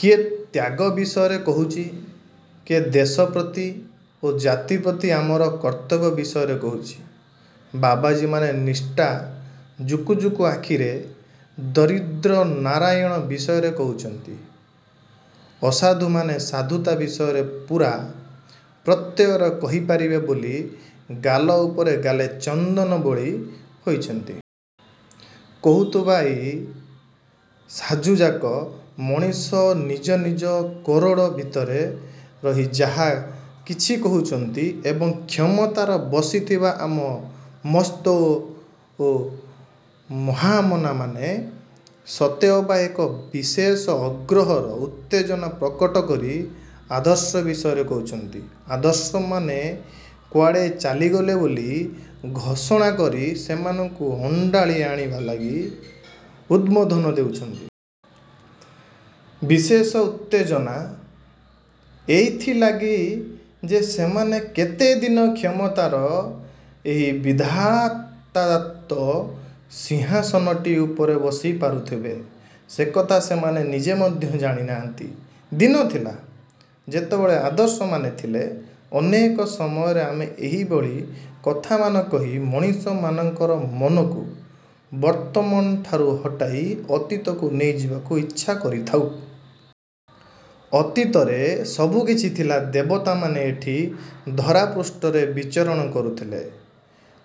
କିଏ ତ୍ୟାଗ ବିଷୟରେ କହୁଛି, କିଏ ଦେଶ ପ୍ରତି ଓ ଜାତି ପ୍ରତି ଆମର କର୍ତ୍ତବ୍ୟ ବିଷୟରେ କହୁଛି। ବାବାଜୀମାନେ ନିଷ୍ଠା ଜୁକୁଜୁକୁ ଆଖିରେ ଦରିଦ୍ରନାରାୟଣ ବିଷୟରେ କହୁଛନ୍ତି। ଅସାଧୁମାନେ ସାଧୁତା ବିଷୟରେ ପୂରା ପ୍ରତ୍ୟୟରେ କହିପାରିବେ ବୋଲି ଗାଲ ଉପରେ ଗାଲେ ଚନ୍ଦନ ବୋଳି ହୋଇଛନ୍ତି। କହୁଥିବା ଏଇ ସାଜୁଯାକ ମଣିଷ ନିଜ ନିଜ କୋରଡ଼ ଭିତରେ ରହି ଯାହା କିଛି କହୁଛନ୍ତି। ଏବଂ କ୍ଷମତାରେ ବସିଥିବା ଆମ ମସ୍ତ ଓ ମହାମନାମାନେ ସତେ ଅବା ଏକ ବିଶେଷ ଅଗ୍ରହର ଉତ୍ତେଜନା ପ୍ରକଟ କରି ଆଦର୍ଶ ବିଷୟରେ କହୁଛନ୍ତି। ଆଦର୍ଶମାନେ କୁଆଡ଼େ ଚାଲିଗଲେ ବୋଲି ଘୋଷଣା କରି ସେମାନଙ୍କୁ ଅଣ୍ଡାଳି ଆଣିବା ଲାଗି ଉଦ୍ମୋଧନ ଦେଉଛନ୍ତି। ବିଶେଷ ଉତ୍ତେଜନା ଏଇଥିଲାଗି ଯେ ସେମାନେ କେତେଦିନ କ୍ଷମତାର ଏହି ବିଧାତାଦତ୍ତ ସିଂହାସନଟି ଉପରେ ବସି ପାରୁଥିବେ, ସେକଥା ସେମାନେ ନିଜେ ମଧ୍ୟ ଜାଣିନାହାନ୍ତି। ଦିନ ଥିଲା, ଯେତେବେଳେ ଆଦର୍ଶମାନେ ଥିଲେ ଅନେକ ସମୟରେ ଆମେ ଏହିଭଳି କଥାମାନ କହି ମଣିଷମାନଙ୍କର ମନକୁ ବର୍ତ୍ତମାନଠାରୁ ହଟାଇ ଅତୀତକୁ ନେଇଯିବାକୁ ଇଚ୍ଛା କରିଥାଉ। ଅତୀତରେ ସବୁକିଛି ଥିଲା ଦେବତାମାନେ ଏଠି ଧରାପୃଷ୍ଠରେ ବିଚରଣ କରୁଥିଲେ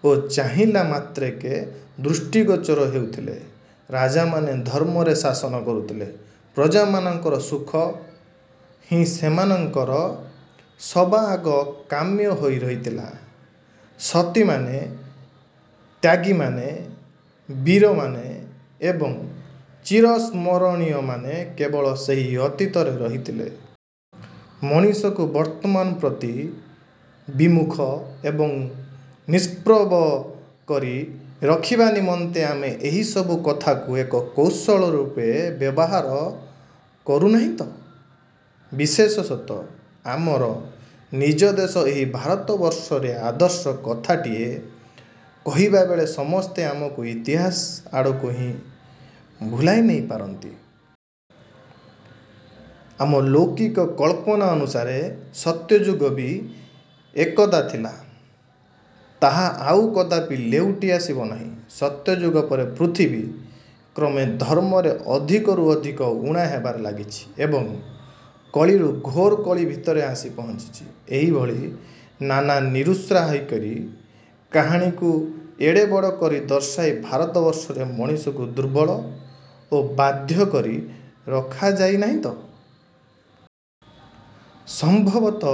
ଓ ଚାହିଁଲା ମାତ୍ରକେ ଦୃଷ୍ଟିଗୋଚର ହେଉଥିଲେ। ରାଜାମାନେ ଧର୍ମରେ ଶାସନ କରୁଥିଲେ, ପ୍ରଜାମାନଙ୍କର ସୁଖ ହିଁ ସେମାନଙ୍କର ସବାଆଗ କାମ୍ୟ ହୋଇ ରହିଥିଲା। ସତୀମାନେ, ତ୍ୟାଗୀମାନେ, ବୀରମାନେ ଏବଂ ଚିରସ୍ମରଣୀୟମାନେ କେବଳ ସେହି ଅତୀତରେ ରହିଥିଲେ। ମଣିଷକୁ ବର୍ତ୍ତମାନ ପ୍ରତି ବିମୁଖ ଏବଂ ନିଷ୍ପ୍ରଭ କରି ରଖିବା ନିମନ୍ତେ ଆମେ ଏହିସବୁ କଥାକୁ ଏକ କୌଶଳ ରୂପେ ବ୍ୟବହାର କରୁନାହିଁ ତ? ବିଶେଷସତଃ ଆମର ନିଜ ଦେଶ ଏହି ଭାରତବର୍ଷରେ ଆଦର୍ଶ କଥାଟିଏ କହିବାବେଳେ ସମସ୍ତେ ଆମକୁ ଇତିହାସ ଆଡ଼କୁ ହିଁ ଭୁଲାଇ ନେଇପାରନ୍ତି। ଆମ ଲୌକିକ କଳ୍ପନା ଅନୁସାରେ ସତ୍ୟଯୁଗ ବି ଏକଦା ଥିଲା, ତାହା ଆଉ କଦାପି ଲେଉଟି ଆସିବ ନାହିଁ। ସତ୍ୟଯୁଗ ପରେ ପୃଥିବୀ କ୍ରମେ ଧର୍ମରେ ଅଧିକରୁ ଅଧିକ ଊଣା ହେବାରେ ଲାଗିଛି ଏବଂ କଳିରୁ ଘୋର କଳି ଭିତରେ ଆସି ପହଞ୍ଚିଛି। ଏହିଭଳି ନାନା ନିରୁତ୍ସାହକାରୀ କାହାଣୀକୁ ଏଡ଼େ ବଡ଼ କରି ଦର୍ଶାଇ ଭାରତବର୍ଷରେ ମଣିଷକୁ ଦୁର୍ବଳ ଓ ବାଧ୍ୟ କରି ରଖାଯାଇ ନାହିଁ ତ? ସମ୍ଭବତଃ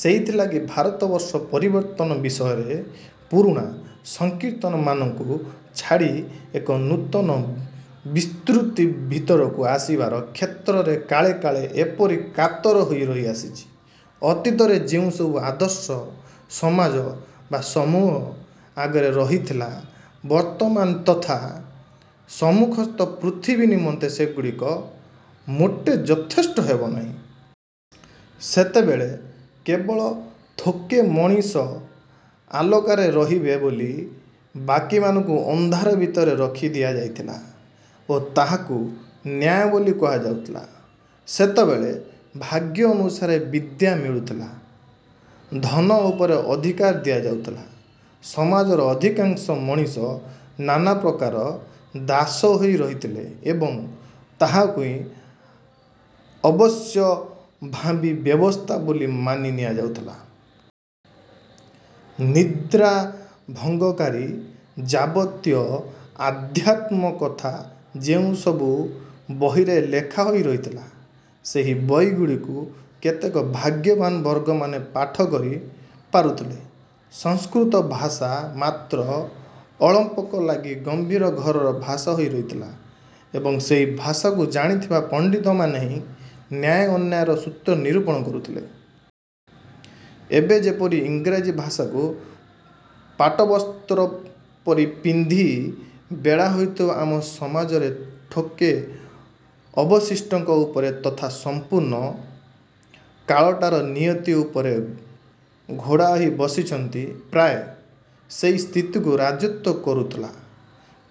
ସେଇଥିଲାଗି ଭାରତବର୍ଷ ପରିବର୍ତ୍ତନ ବିଷୟରେ ପୁରୁଣା ସଂକୀର୍ଣ୍ଣତାମାନଙ୍କୁ ଛାଡ଼ି ଏକ ନୂତନ ବିସ୍ତୃତି ଭିତରକୁ ଆସିବାର କ୍ଷେତ୍ରରେ କାଳେ କାଳେ ଏପରି କାତର ହୋଇ ରହି ଆସିଛି। ଅତୀତରେ ଯେଉଁସବୁ ଆଦର୍ଶ ସମାଜ ବା ସମୂହ ଆଗରେ ରହିଥିଲା ବର୍ତ୍ତମାନ ତଥା ସମ୍ମୁଖସ୍ଥ ପୃଥିବୀ ନିମନ୍ତେ ସେଗୁଡ଼ିକ ମୋଟେ ଯଥେଷ୍ଟ ହେବନାହିଁ। ସେତେବେଳେ କେବଳ ଥୋକେ ମଣିଷ ଆଲୋକରେ ରହିବେ ବୋଲି ବାକିମାନଙ୍କୁ ଅନ୍ଧାର ଭିତରେ ରଖିଦିଆ ଯାଇଥିଲା ଓ ତାହାକୁ ନ୍ୟାୟ ବୋଲି କୁହାଯାଉଥିଲା। ସେତେବେଳେ ଭାଗ୍ୟ ଅନୁସାରେ ବିଦ୍ୟା ମିଳୁଥିଲା, ଧନ ଉପରେ ଅଧିକାର ଦିଆଯାଉଥିଲା। ସମାଜର ଅଧିକାଂଶ ମଣିଷ ନାନାପ୍ରକାରେ ଦାସ ହୋଇ ରହିଥିଲେ ଏବଂ ତାହାକୁ ହିଁ ଅବଶ୍ୟମ୍ଭାବୀ ବ୍ୟବସ୍ଥା ବୋଲି ମାନି ନିଆଯାଉଥିଲା। ନିଦ୍ରାଭଙ୍ଗକାରୀ ଯାବତୀୟ ଆଧ୍ୟାତ୍ମକଥା ଯେଉଁସବୁ ବହିରେ ଲେଖା ହୋଇ ରହିଥିଲା ସେହି ବହିଗୁଡ଼ିକୁ କେତେକ ଭାଗ୍ୟବାନ ବର୍ଗମାନେ ପାଠକରି ପାରୁଥିଲେ। ସଂସ୍କୃତ ଭାଷା ମାତ୍ର ଅଳପଙ୍କ ଲାଗି ଗମ୍ଭୀର ଘରର ଭାଷା ହୋଇ ରହିଥିଲା ଏବଂ ସେହି ଭାଷାକୁ ଜାଣିଥିବା ପଣ୍ଡିତମାନେ ହିଁ ନ୍ୟାୟ ଅନ୍ୟାୟର ସୂତ୍ର ନିରୂପଣ କରୁଥିଲେ। ଏବେ ଯେପରି ଇଂରାଜୀ ଭାଷାକୁ ପାଟବସ୍ତ୍ର ପରି ପିନ୍ଧି ବେଢ଼ା ହୋଇଥିବା ଆମ ସମାଜରେ ଥୋକେ ଅବଶିଷ୍ଟଙ୍କ ଉପରେ ତଥା ସମ୍ପୂର୍ଣ୍ଣ କାଳଟାର ନିୟତି ଉପରେ ଘୋଡ଼ା ହୋଇ ବସିଛନ୍ତି, ପ୍ରାୟ ସେହି ସ୍ଥିତିଟି ରାଜତ୍ୱ କରୁଥିଲା।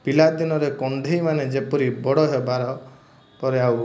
ପିଲାଦିନର କଣ୍ଢେଇମାନେ ଯେପରି ବଡ଼ ହେବାରପରେ ଆଉ--